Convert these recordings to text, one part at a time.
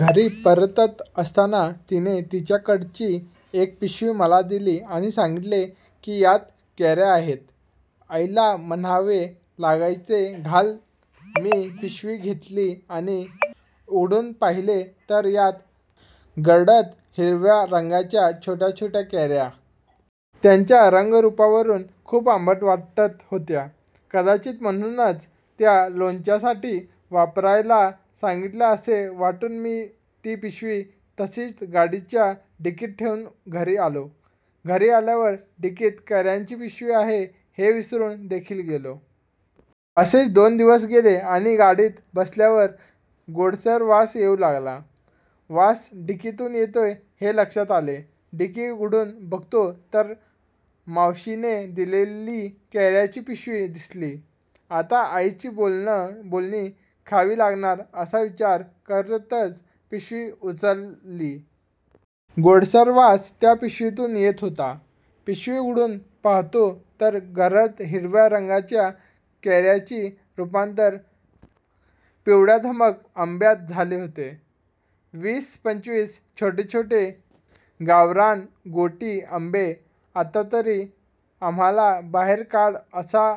घरी परतत असताना तिने तिच्याकडची एक पिशवी मला दिली आणि सांगितले की यात कैऱ्या आहेत, आईला म्हणावे लोणचे घाल. मी पिशवी घेतली आणि उघडून पहिले तर आत गडद हिरव्या रंगाच्या छोट्या छोट्या कैऱ्या. त्यांच्या रंग-रूपावरून खूप आंबट वाटत होत्या. कदाचित म्हणूनच त्या लोणच्यासाठी वापरायला सांगितल्या असे वाटून मी ती पिशवी तशीच गाडीच्या डिकीत ठेउन घरी आलो. घरी आल्यावर डिकीत कैऱ्यांची पिशवी आहे हे विसरून देखील गेलो. असेच दोन दिवस गेले आणि गाडीत बसल्यावर गोडसर वास येऊ लागला. वास डिकीतून येतोय हे लक्षात आले. डिकी उघडून बघतो तर मावशीने दिलेली कैऱ्यांची पिशवी दिसली. आता आईची बोलणी खावी लागणार असा विचार करतच पिशवी उचलली. गोडसर वास त्या पिशवीतून येत होता. पिशवी उघडून पाहतो तर गडद हिरव्या रंगाच्या कैऱ्यांचे रुपांतर पिवळ्याधम्मक आंब्यात झाले होते. वीस-पंचवीस छोटे छोटे गावरान गोटी आंबे आतातरी आम्हाला बाहेर काढ अशा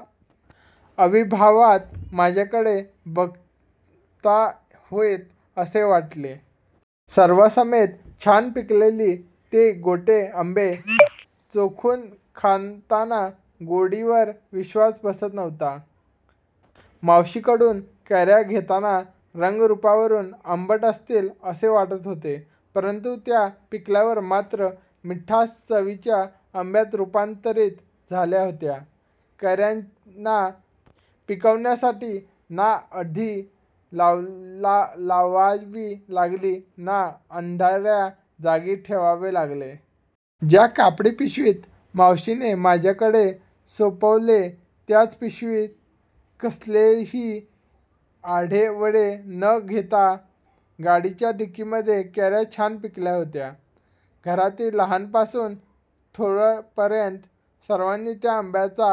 अविर्भावात माझ्याकडे बघताहेत असे वाटले. सर्वांसमवेत छान पिकलेले ते गोटी आंबे चोखून खाताना गोडीवर विश्वासच बसत नव्हता. मावशीकडून कैऱ्या घेताना रंग-रूपावरून आंबट असतील असे वाटत होते, परंतु त्या पिकल्यावर मात्र मिठ्ठास चवीच्या आंब्यात रुपांतरीत झाल्या होत्या. कैऱ्यांना पिकविण्यासाठी ना आढी लावावी लागली ना अंधाऱ्या जागी ठेवावे लागले. ज्या कापडी पिशवीत मावशीने माझ्याकडे सोपवले त्याच पिशवीत कसलेही आढेवेढे न घेता गाडीच्या डिकीमधेच कैऱ्या छान पिकल्या होत्या. घरातील लहानांपासून थोरांपर्यंत सर्वांनी त्या आंब्यांचा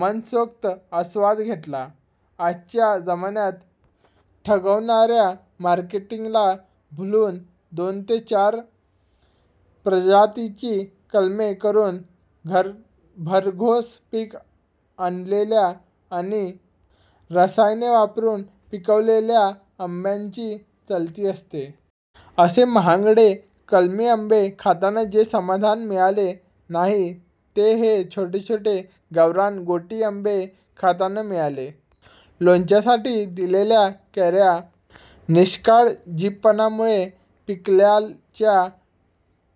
मनसोक्त आस्वाद घेतला. आजच्या जमान्यात ठगवणाऱ्या मार्केटिंगला भुलून, दोन ते चार प्रजातींची कलमे करून भरघोस पिक आणलेल्या आणि रसायने वापरून पिकवलेल्या आंब्यांची चलती असते. असे महागडे कलमी आंबे खाताना जे समाधान मिळाले नाही ते हे छोटे-छोटे गावरान गोटी आंबे खाताना मिळाले. लोणच्यासाठी दिलेल्या कैऱ्या निष्काळजीपणामुळे पिकल्याचा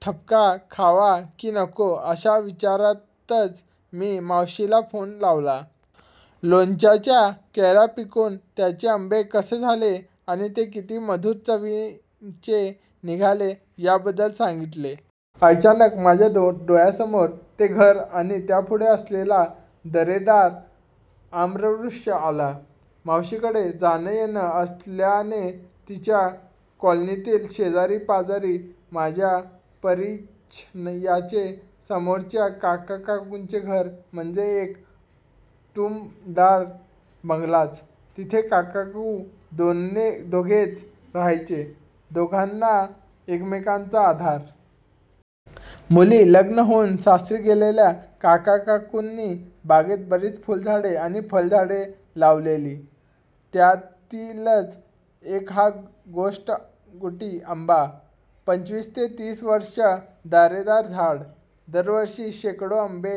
ठपका खावा कि नको अशा विचारातच मी मावशीला फोन लावला. लोणच्याच्या कैऱ्या पिकून त्यांचे आंबे कसे झाले आणि ते किती मधुर चवीचे निघाले याबद्दल सांगितले. अचानक माझ्या डोळ्यासमोर ते घर आणि त्यापुढे असलेला डेरेदार आम्रवृक्ष आला. मावशीकडे जाणं-येणं असल्याने तिच्या कॉलनीतील शेजारी-पाजारी माझ्या परिचयाचे. समोरच्या काका-काकुंचे घर म्हणजे एक टुमदार बंगलाच. तिथे काका-काकू दोघेच राहायचे. दोघांना एकमेकांचा आधार. मुली लग्न होऊन सासरी गेलेल्या. काका-काकूंनी बागेत बरीच फुलझाडे आणि फळझाडे लावलेली. त्यातीलच एक हा गोटी आंबा. पंचवीस ते तीस वर्षांचं डेरेदार झाड. दरवर्षी शेकडो आंबे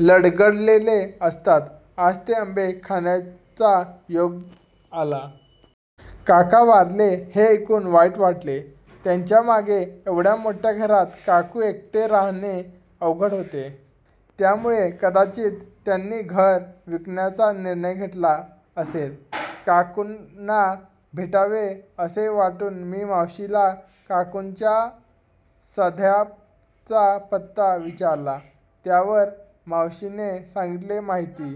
लगडलेले असतात. आज ते आंबे खाण्याचा योग आला. काका वारले हे ऐकून वाईट वाटले. त्यांच्या मागे एवढ्या मोठ्या घरात काकू एकट्या राहणे अवघड होते. त्यामुळे कदाचित त्यांनी घर विकण्याचा निर्णय घेतला असेल. काकूंना भेटावे असे वाटून मी मावशीला काकूंचा सध्याचा पत्ता विचारला, त्यावर मावशीने सांगितलेली माहिती.